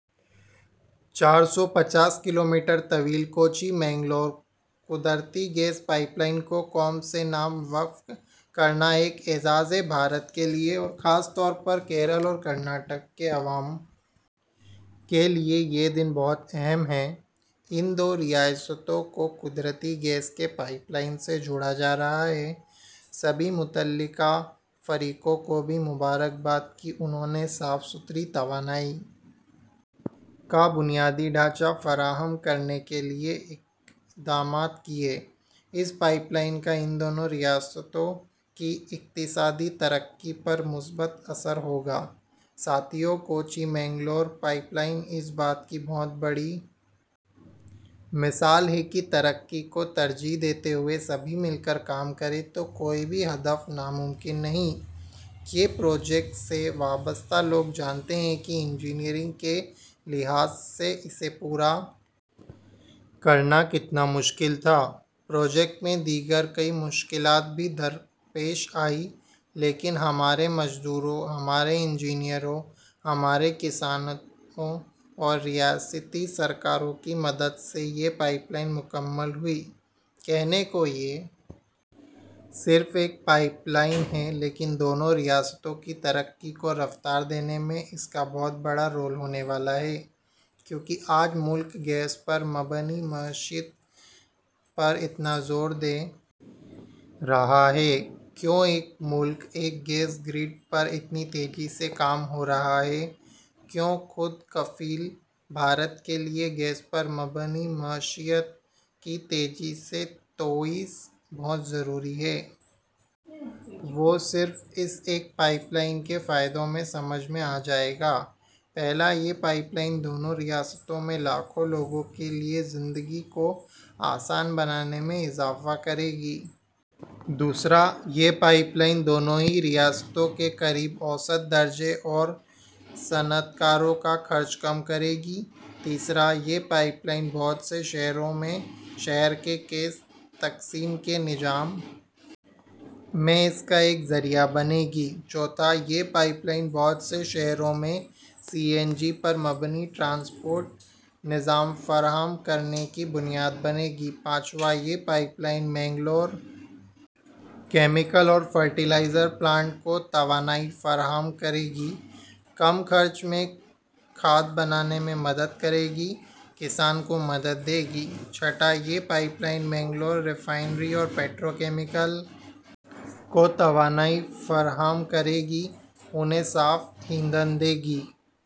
چار سو پچاس کلو میٹر طویل کوچی مینگلورو قدرتی گیس پائپ لائن کو قوم کے نام وقف کرنا ایک اعزاز ہے بھارت کے لیے اور خاص طور پر کیرلہ اور کرناٹک کے عوام کے لیے یہ دن بہت اہم ہے ان دو ریاستوں کو قدرتی گیس کے پائپ لائن سے جوڑا جا رہا ہے سبھی متعلقہ فریقوں کو بھی مبارکباد کہ انہوں نے صاف ستھری توانائی کا بنیادی ڈھانچہ فراہم کرنے کے لیے اقدامات کیے اس پائپ لائن کا ان دونوں ریاستوں کی اقتصادی ترقی پر مثبت اثر ہوگا ساتھیو کوچی مینگلورو پائپ لائن اس بات کی بہت بڑی مثال ہے کہ ترقی کو ترجیح دیتے ہوئے سبھی مل کر کام کریں تو کوئی بھی ہدف ناممکن نہیں یہ پروجیکٹ سے وابستہ لوگ جانتے ہیں کہ انجینئرنگ کے لحاظ سے اسے پورا کرنا کتنا مشکل تھا پروجیکٹ میں دیگر کئی مشکلات بھی درپیش آئیں لیکن ہمارے مزدوروں ہمارے انجینئروں ہمارے کسانوں اور ریاستی سرکاروں کی مدد سے یہ پائپ لائن مکمل ہوئی کہنے کو یہ صرف ایک پائپ لائن ہے لیکن دونوں ریاستوں کی ترقی کو رفتار دینے میں اس کا بہت بڑا رول ہونے والا ہے کیوں آج ملک گیس پر مبنی معیشت پر اتنا زور دے رہا ہے کیوں ایک ملک ایک گیس گرڈ پر اتنی تیزی سے کام ہو رہا ہے کیوں خود کفیل بھارت کے لیے گیس پر مبنی معیشت کی تیزی سے توسیع بہت ضروری ہے وہ صرف اس ایک پائپ لائن کے فائدوں سے سمجھ میں آ جائے گا پہلا یہ پائپ لائن دونوں ریاستوں میں لاکھوں لوگوں کے لیے زندگی کو آسان بنانے میں اضافہ کرے گی دوسرا یہ پائپ لائن دونوں ہی ریاستوں کے غریب اوسط درجے اور صنعت کاروں کا خرچ کم کرے گی تیسرا یہ پائپ لائن بہت سے شہروں میں شہر کے گیس تقسیم کے نظام میں اس کا ایک ذریعہ بنے گی چوتھا یہ پائپ لائن بہت سے شہروں میں سی این جی پر مبنی ٹرانسپورٹ نظام فراہم کرنے کی بنیاد بنے گی پانچواں یہ پائپ لائن مینگلور کیمیکل اور فرٹی لائزر پلانٹ کو توانائی فراہم کرے گی کم خرچ میں کھاد بنانے میں مدد کرے گی کسان کو مدد دے گی چھٹا یہ پائپ لائن مینگلور ریفائنری اور پیٹرو کیمیکل کو توانائی فراہم کرے گی انہیں صاف ایندھن دے گی